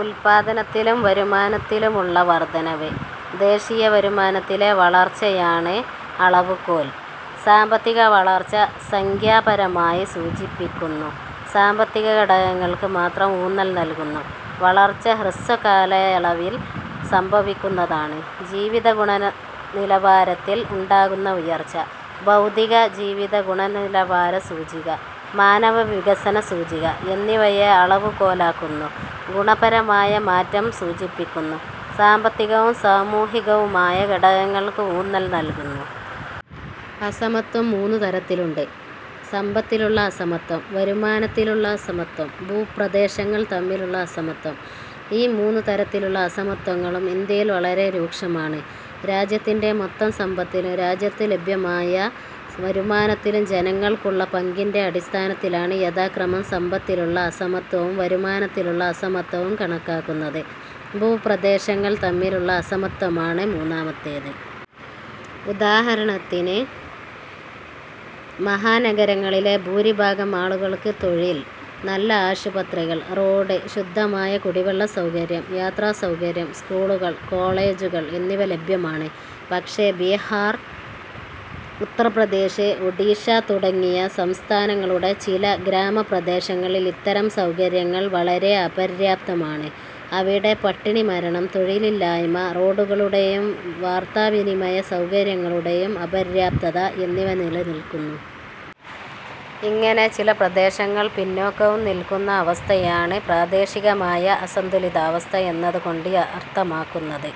ഉൽപ്പാദനത്തിലും വരുമാനത്തിലുമുള്ള വർധനവ്. ദേശീയവരുമാനത്തിലെ വളർച്ചയാണ് അളവുകോൽ. സാമ്പത്തികവളർച്ച സംഖ്യാപരമായി സൂചിപ്പിക്കുന്നു. സാമ്പത്തികഘടകങ്ങൾക്ക് മാത്രം ഊന്നൽ നൽകുന്നു. വളർച്ച ഹ്രസ്വകാലയളവിൽ സംഭവിക്കുന്നതാണ്. ജീവിതഗുണനിലവാരത്തിൽ ഉണ്ടാകുന്ന ഉയർച്ച. ഭൗതികജീവിതഗുണനിലവാര സൂചിക, മാനവവികസന സൂചിക എന്നിവയെ അളവുകോലാക്കുന്നു. ഗുണപരമായ മാറ്റം സൂചിപ്പിക്കുന്നു. സാമ്പത്തികവും സാമൂഹികവുമായ ഘടകങ്ങൾക്ക് ഊന്നൽ നൽകുന്നു. അസമത്വം മൂന്നു തരത്തിലുണ്ട്. സമ്പത്തിലുള്ള അസമത്വം. വരുമാനത്തിലുള്ള അസമത്വം. ഭൂപ്രദേശങ്ങൾ തമ്മിലുള്ള അസമത്വം ഈ മൂന്നു തരത്തിലുള്ള അസമത്വങ്ങളും ഇന്ത്യയിൽ വളരെ രൂക്ഷമാണ്. രാജ്യത്തിന്റെ മൊത്തം സമ്പത്തിലും രാജ്യത്ത് ലഭ്യമായ വരുമാനത്തിലും ജനങ്ങൾക്കുള്ള പങ്കിന്റെ അടിസ്ഥാനത്തിലാണ് യഥാക്രമം സമ്പത്തിലുള്ള അസമത്വവും വരുമാനത്തിലുള്ള അസമത്വവും കണക്കാക്കുന്നത്. ഭൂപ്രദേശങ്ങൾ തമ്മിലുള്ള അസമത്വമാണ് മൂന്നാമത്തേത്. ഉദാഹരണത്തിന് മഹാനഗരങ്ങളിലെ ഭൂരിഭാഗം ആളുകൾക്ക് തൊഴിൽ, നല്ല ആശുപത്രികൾ, റോഡ്, ശുദ്ധമായ കുടിവെള്ള സൗകര്യം, യാത്രാസൗകര്യം, സ്കൂളുകൾ, കോളേജുകൾ, എന്നിവ ലഭ്യമാണ്. പക്ഷേ, ബീഹാർ, ഉത്തർപ്രദേശ്, ഒഡിഷ തുടങ്ങിയ സംസ്ഥാനങ്ങളുടെ ചില ഗ്രാമപ്രദേശങ്ങളിൽ ഇത്തരം സൗകര്യങ്ങൾ വളരെ അപര്യാപ്തമാണ്. അവിടെ പട്ടിണിമരണം, തൊഴിലില്ലായ്മ, റോഡുകളുടെയും വാർത്താവിനിമയ സൗകര്യങ്ങളുടെയും അപര്യാപ്തത എന്നിവ നിലനിൽക്കുന്നു. ഇങ്ങനെ ചില പ്രദേശങ്ങൾ പിന്നാക്കവും നിൽക്കുന്ന അവസ്ഥയാണ് പ്രാദേശികമായ അസന്തുലിതാവസ്ഥ എന്നതുകൊണ്ട് അർഥമാക്കുന്നത്.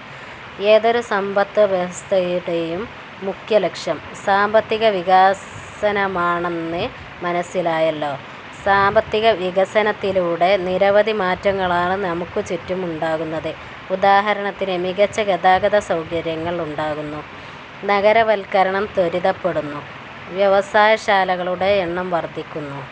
ഏതൊരു സമ്പദ്വ്യവസ്ഥയുടെയും മുഖ്യ ലക്ഷ്യം സാമ്പത്തികവികാസനമാണെന്ന് മനസ്സിലായല്ലോ. സാമ്പത്തികവികസനത്തിലൂടെ നിരവധി മാറ്റങ്ങളാണ് നമുക്ക് ചുറ്റും ഉണ്ടാകുന്നത്. ഉദാഹരണത്തിന്, മികച്ച ഗതാഗതസൗകര്യങ്ങൾ ഉണ്ടാകുന്നു. നഗരവൽക്കരണം ത്വരിതപ്പെടുന്നു. വ്യവസായശാലകളുടെ എണ്ണം വർധിക്കുന്നു.